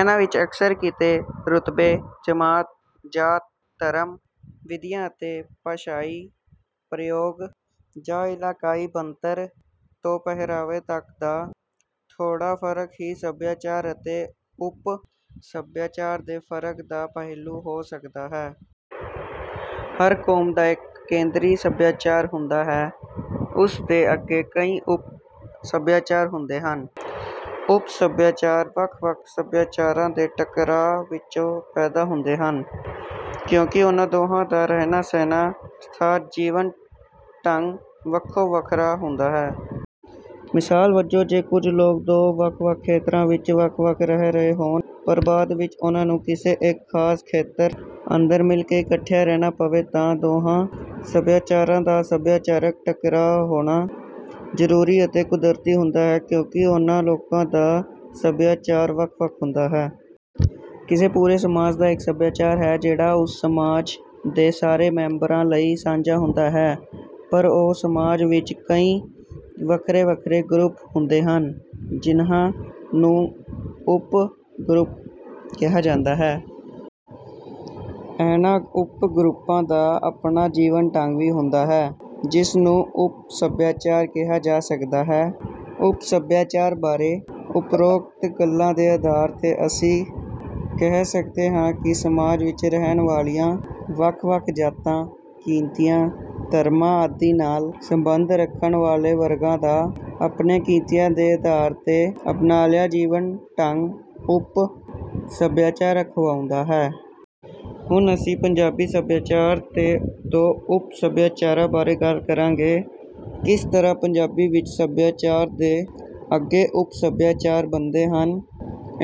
ਇਨ੍ਹਾਂ ਵਿੱਚ ਅਕਸਰ ਕਿੱਤੇ, ਰੁਤਬੇ, ਜਮਾਤ, ਜਾਤ, ਧਰਮ, ਵਿਦਿਆ ਅਤੇ ਭਾਸ਼ਾਈ ਪ੍ਰਯੋਗ ਜਾਂ ਇਲਾਕਾਈ ਬਣਤਰ ਤੋਂ ਪਹਿਰਾਵੇ ਤੱਕ ਦਾ ਥੋੜ੍ਹਾ ਫਰਕ ਵੀ ਸਭਿਆਚਾਰ ਅਤੇ ਉਪ ਸਭਿਆਚਾਰ ਦੇ ਫਰਕ ਦਾ ਪਹਿਲੂ ਹੋ ਸਕਦਾ ਹੈ। ਹਰ ਕੌਮ ਦਾ ਇਕ ਕੇਂਦਰੀ ਸਭਿਆਚਾਰ ਹੁੰਦਾ ਹੈ। ਉਸ ਦੇ ਅੱਗੇ ਕਈ ਉਪ ਸਭਿਆਚਾਰ ਹੁੰਦੇ ਹਨ। ਉਪ-ਸਭਿਆਚਾਰ ਵੱਖ-ਵੱਖ ਸਭਿਆਚਾਰਾਂ ਦੇ ਟਕਰਾਅ ਵਿੱਚੋਂ ਪੈਦਾ ਹੁੰਦੇ ਹਨ। ਕਿਉਂਕਿ ਉਨ੍ਹਾਂ ਦੋਹਾਂ ਦਾ ਰਹਿਣਾ-ਸਹਿਣਾ ਅਰਥਾਤ ਜੀਵਨ-ਢੰਗ ਵੱਖੋ-ਵੱਖਰਾ ਹੁੰਦਾ ਹੈ। ਮਿਸਾਲ ਵਜੋਂ ਜੇ ਕੁੱਝ ਲੋਕ ਦੋ ਵੱਖ-ਵੱਖ ਖੇਤਰਾਂ ਵਿੱਚ ਵੱਖ-ਵੱਖ ਰਹਿ ਰਹੇ ਹੋਣ ਪਰ ਬਾਅਦ ਵਿੱਚ ਉਨ੍ਹਾਂ ਨੂੰ ਕਿਸੇ ਇਕ ਖਾਸ ਖੇਤਰ ਅੰਦਰ ਮਿਲਕੇ ਇਕੱਠਿਆਂ ਰਹਿਣਾ ਪਵੇ ਤਾਂ ਦੋਹਾਂ ਸਭਿਆਚਾਰਾਂ ਦਾ ਸਭਿਆਚਾਰਕ ਟਕਰਾਅ ਹੋਣਾ ਜ਼ਰੂਰੀ ਅਤੇ ਕੁਦਰਤੀ ਹੁੰਦਾ ਹੈ ਕਿਉਂਕਿ ਉਨ੍ਹਾਂ ਲੋਕਾਂ ਦਾ ਸਭਿਆਚਾਰ ਵੱਖ-ਵੱਖ ਹੁੰਦਾ ਹੈ। ਕਿਸੇ ਪੂਰੇ ਸਮਾਜ ਦਾ ਇਕ ਸਭਿਆਚਾਰ ਹੈ ਜਿਹੜਾ ਉਸ ਸਮਾਜ ਦੇ ਸਾਰੇ ਮੈਂਬਰਾਂ ਲਈ ਸਾਂਝਾ ਹੁੰਦਾ ਹੈ। ਪਰ ਉਹ ਸਮਾਜ ਵਿੱਚ ਕਈ ਵੱਖਰੇ-ਵੱਖਰੇ ਗਰੁੱਪ ਹੁੰਦੇ ਹਨ। ਜਿਨ੍ਹਾਂ ਨੂੰ ਉਪ-ਗਰੁੱਪ ਕਿਹਾ ਜਾਂਦਾ ਹੈ। ਇਨ੍ਹਾਂ ਉਪ-ਗਰੁੱਪਾਂ ਦਾ ਆਪਣਾ ਜੀਵਨ ਢੰਗ ਵੀ ਹੁੰਦਾ ਹੈ ਜਿਸ ਨੂੰ ਉਪ-ਸਭਿਆਚਾਰ ਕਿਹਾ ਜਾ ਸਕਦਾ ਹੈ। ਉਪ ਸਭਿਆਚਾਰ ਬਾਰੇ ਉਪਰੋਕਤ ਗੱਲਾਂ ਦੇ ਆਧਾਰ ਤੇ ਅਸੀਂ ਕਹਿ ਸਕਦੇ ਹਾਂ ਕਿ ਸਮਾਜ ਵਿੱਚ ਰਹਿਣ ਵਾਲੀਆਂ ਵੱਖ-ਵੱਖ ਜਾਤਾਂ, ਕਿੱਤਿਆਂ, ਧਰਮਾਂ ਆਦਿ ਨਾਲ ਸਬੰਧ ਰੱਖਣ ਵਾਲੇ ਵਰਗਾਂ ਦਾ ਆਪਣੇ ਕਿੱਤਿਆਂ ਦੇ ਆਧਾਰ ਤੇ ਅਪਣਾਲਿਆ ਜੀਵਨ-ਢੰਗ ਉਪ-ਸਭਿਆਚਾਰ ਅਖਵਾਉਂਦਾ ਹੈ। ਹੁਣ ਅਸੀਂ ਪੰਜਾਬੀ ਸਭਿਆਚਾਰ ਤੇ ਦੋ ਉਪ-ਸਭਿਆਚਾਰਾਂ ਬਾਰੇ ਗੱਲ ਕਰਾਂਗੇ। ਕਿਸ ਤਰ੍ਹਾਂ ਪੰਜਾਬੀ ਵਿੱਚ ਸੱਭਿਆਚਾਰ ਦੇ ਅੱਗੇ ਉਪ-ਸਭਿਆਚਾਰ ਬਣਦੇ ਹਨ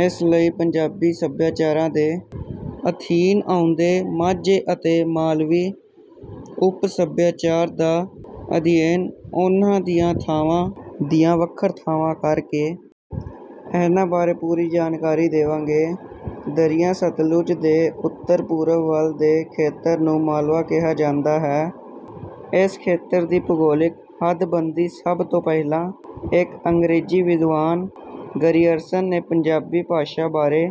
ਇਸ ਲਈ ਪੰਜਾਬੀ ਸੱਭਿਆਚਾਰਾਂ ਦੇ ਅਧੀਨ ਆਉਂਦੇ ਮਾਝੇ ਅਤੇ ਮਾਲਵਈ ਉਪ-ਸੱਭਿਆਚਾਰ ਦਾ ਅਧਿਐਨ ਉਨ੍ਹਾਂ ਦੀਆਂ ਥਾਂਵਾਂ ਦੀਆਂ ਵੱਖਰਤਾਵਾਂ ਕਰਕੇ। ਇਨ੍ਹਾਂ ਬਾਰੇ ਪੂਰੀ ਜਾਣਕਾਰੀ ਦੇਵਾਂਗੇ। ਦਰਿਆ ਸਤਲੁਜ ਦੇ ਉੱਤਰ-ਪੂਰਬ ਵੱਲ ਦੇ ਖੇਤਰ ਨੂੰ 'ਮਾਲਵਾ' ਕਿਹਾ ਜਾਂਦਾ ਹੈ। ਇਸ ਖੇਤਰ ਦੀ ਭੂਗੋਲਿਕ ਹੱਦ-ਬੰਦੀ ਸਭ ਤੋਂ ਪਹਿਲਾਂ ਇਕ ਅੰਗਰੇਜ਼ੀ ਵਿਦਵਾਨ ਗਰੀਅਰਸਨ ਨੇ ਪੰਜਾਬੀ ਭਾਸ਼ਾ ਬਾਰੇ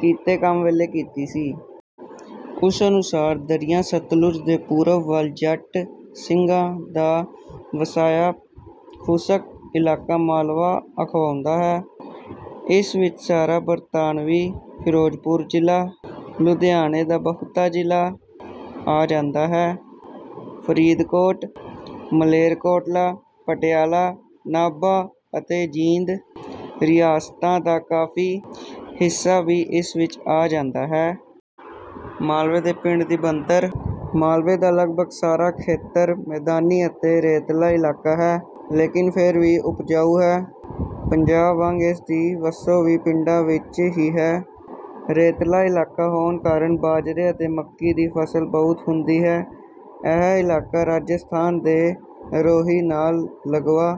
ਕੀਤੇ ਕੰਮ ਵੇਲੇ ਕੀਤੀ ਸੀ। ਉਸ ਅਨੁਸਾਰ, "ਦਰਿਆ ਸਤਲੁਜ ਦੇ ਪੂਰਬ ਵੱਲ ਜੱਟ ਸਿੰਘਾ ਦਾ ਵਸਾਇਆ ਖੁਸਕ ਇਲਾਕਾ ਮਾਲਵਾ ਅਖਵਾਉਂਦਾ ਹੈ। ਇਸ ਵਿੱਚ ਸਾਰਾ ਬਰਤਾਨਵੀ ਫਿਰੋਜਪੁਰ ਜ਼ਿਲ੍ਹਾ, ਲੁਧਿਆਣੇ ਦਾ ਬਹੁਤਾ ਜ਼ਿਲ੍ਹਾ ਆ ਜਾਂਦਾ ਹੈ। ਫ਼ਰੀਦਕੋਟ, ਮਲੇਰਕੋਟਲਾ, ਪਟਿਆਲਾ, ਨਾਭਾ ਅਤੇ ਜੀਂਦ ਰਿਆਸਤਾਂ ਦਾ ਕਾਫ਼ੀ ਹਿੱਸਾ ਵੀ ਇਸ ਵਿੱਚ ਆ ਜਾਂਦਾ ਹੈ। ਮਾਲਵੇ ਦੇ ਪਿੰਡ ਦੀ ਬਣਤਰ, ਮਾਲਵੇ ਦਾ ਲਗਭਗ ਸਾਰਾ ਖੇਤਰ ਮੈਦਾਨੀ ਅਤੇ ਰੇਤਲਾ ਇਲਾਕਾ ਹੈ ਲੇਕਿਨ ਫਿਰ ਵੀ ਉਪਜਾਊ ਹੈ। ਪੰਜਾਬ ਵਾਂਗ ਇਸਦੀ ਵਸੋਂ ਵੀ ਪਿੰਡਾਂ ਵਿੱਚ ਹੀ ਹੈ। ਰੇਤਲਾ ਇਲਾਕਾ ਹੋਣ ਕਾਰਨ ਬਾਜਰੇ ਅਤੇ ਮੱਕੀ ਦੀ ਫਸਲ ਬਹੁਤ ਹੁੰਦੀ ਹੈ। ਇਹ ਇਲਾਕਾ ਰਾਜਸਥਾਨ ਦੇ ਰੋਹੀ ਨਾਲ ਲੱਗਵਾਂ